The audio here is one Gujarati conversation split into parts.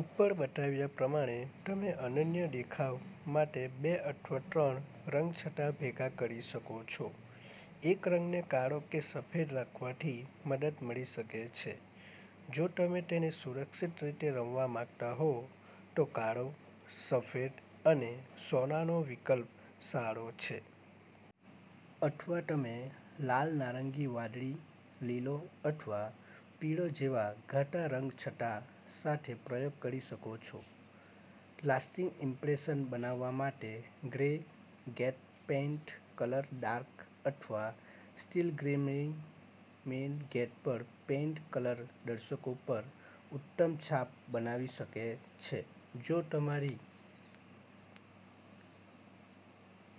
ઉપર બતાવ્યા પ્રમાણે, તમે અનન્ય દેખાવ માટે બે અથવા ત્રણ રંગછટા ભેગા કરી શકો છો. એક રંગને કાળો કે સફેદ રાખવાથી મદદ મળી શકે છે. જો તમે તેને સુરક્ષિત રીતે રમવા માંગતા હો, તો કાળો, સફેદ અને સોનાનો વિકલ્પ સારો છે. અથવા તમે લાલનારંગી, વાદળી, લીલો અથવા પીળો જેવા ઘાટા રંગછટા સાથે પ્રયોગ કરી શકો છો. લાસ્ટિંગ ઇમ્પ્રેશન બનાવવા માટે grey gate paint colour dark અથવા steel grey main gate paint colour દર્શકો પર ઉત્તમ છાપ બનાવી શકે છે જો તમારી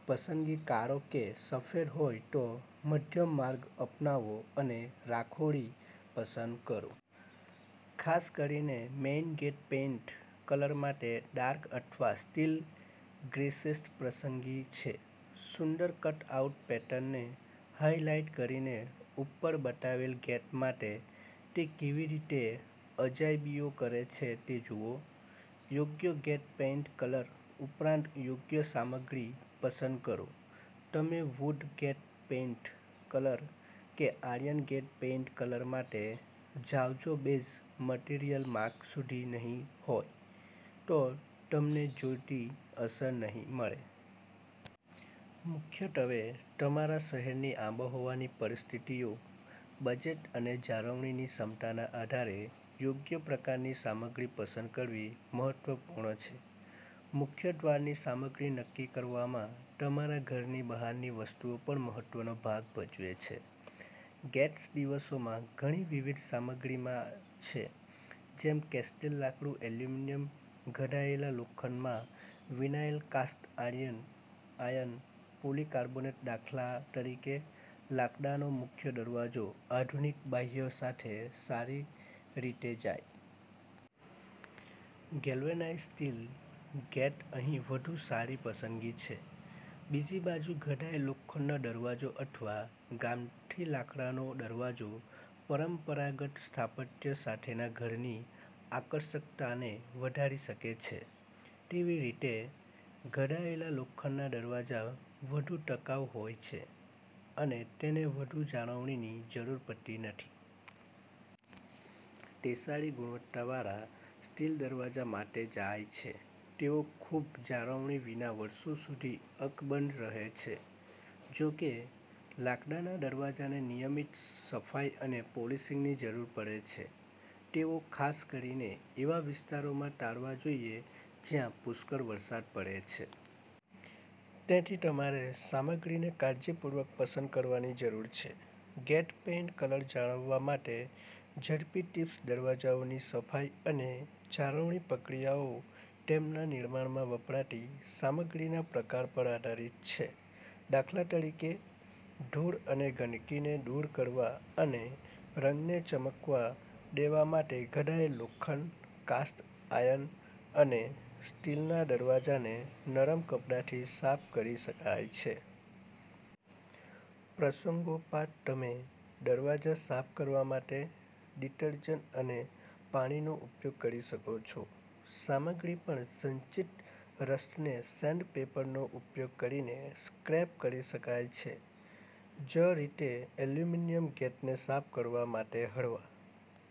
પસંદગી કાળો કે સફેદહોય તો મધ્યમ માર્ગ અપનાવો અને રાખોડી પસંદ કરો. ખાસ કરીને મેઈન ગેટ પેઈન્ટ કલર માટે ડાર્ક અથવા સ્ટીલ ગ્રેશ્રેષ્ઠ પસંદગી છે. સુંદર કટ-આઉટ પેટર્નને હાઇલાઇટ કરીને, ઉપર બતાવેલ ગેટ માટે તે કેવી રીતે અજાયબીઓ કરે છે તે જુઓ. યોગ્ય ગેટ પેઇન્ટ કલર ઉપરાંતયોગ્ય સામગ્રી પસંદ કરો તમે વૂડ ગેટ પેઈન્ટ કલર કે આયર્ન ગેટ પેઈન્ટ કલર માટે જાવજો બેઝ મટીરીયલ માર્ક સુધી નહીં હોય, તો તમને જોઈતી અસર નહીં મળે. મુખ્યત્વે તમારા શહેરની આબોહવાની પરિસ્થિતિઓ, બજેટ અને જાળવણી ક્ષમતાના આધારે યોગ્ય પ્રકારની સામગ્રી પસંદ કરવી મહત્વપૂર્ણ છે. મુખ્ય દ્વારની સામગ્રી નક્કી કરવામાં તમારા ઘરની બહારની વસ્તુઓ પણ મહત્વનો ભાગ ભજવે છે. ગેટ્સદિવસોમાં ઘણી વિવિધ સામગ્રીમાં આવે છે જેમ કેસ્ટીલ લાકડું એલ્યુમિનિયમ ઘડાયેલા લોખંડમાં વિનાઇલ કાસ્ટ આયર્ન પોલીકાર્બોનેટ દાખલા તરીકે, લાકડાનો મુખ્ય દરવાજો આધુનિક બાહ્ય સાથે સારી રીતેજાય. ગેલ્વેનાઈઝ્ડ સ્ટીલ ગેટ અહીં વધુ સારી પસંદગી છે. બીજી બાજુ, ઘડાયેલ લોખંડનો દરવાજો અથવા ગામઠી લાકડાનો દરવાજો, પરંપરાગત સ્થાપત્ય સાથેના ઘરની આકર્ષકતાને વધારી શકે છે. તેવીરીતે, ઘડાયેલા લોખંડના દરવાજા વધુ ટકાઉ હોય છે અને તેને વધુ જાળવણીની જરૂર પડતી નથી. તેસારી ગુણવત્તાવાળા સ્ટીલ દરવાજા માટે જાય છે. તેઓ ખૂબ જાળવણી વિના વર્ષો સુધી અકબંધ રહે છે. જો કે, લાકડાના દરવાજાને નિયમિત સફાઈ અને પોલિશિંગની જરૂર પડે છે. તેઓ ખાસ કરીને એવા વિસ્તારોમાં ટાળવા જોઈએ જ્યાં પુષ્કળ વરસાદ પડે છે. તેથી, તમારે સામગ્રીને કાળજીપૂર્વક પસંદ કરવાની જરૂર છે. ગેટ પેઇન્ટ કલર જાળવવા માટે ઝડપી ટીપ્સ દરવાજાઓની સફાઈ અને જાળવણી પ્રક્રિયાઓ તેમના નિર્માણમાં વપરાતી સામગ્રીના પ્રકાર પર આધારિત છે. દાખલા તરીકે, ધૂળ અને ગંદકીને દૂર કરવા અને રંગને ચમકવા દેવા માટે ઘડાયેલ લોખંડ, કાસ્ટ આયર્ન અને સ્ટીલના દરવાજાને નરમ કપડાથી સાફ કરી શકાય છે. પ્રસંગોપાત, તમેદરવાજા સાફ કરવા માટે ડીટરજન્ટ અને પાણીનો ઉપયોગ કરી શકો છો. સામગ્રી પર સંચિત રસ્ટને સેન્ડપેપરનો ઉપયોગ કરીને સ્ક્રેપ કરી શકાય છે. જ રીતે, એલ્યુમિનિયમ ગેટને સાફ કરવા માટે હળવા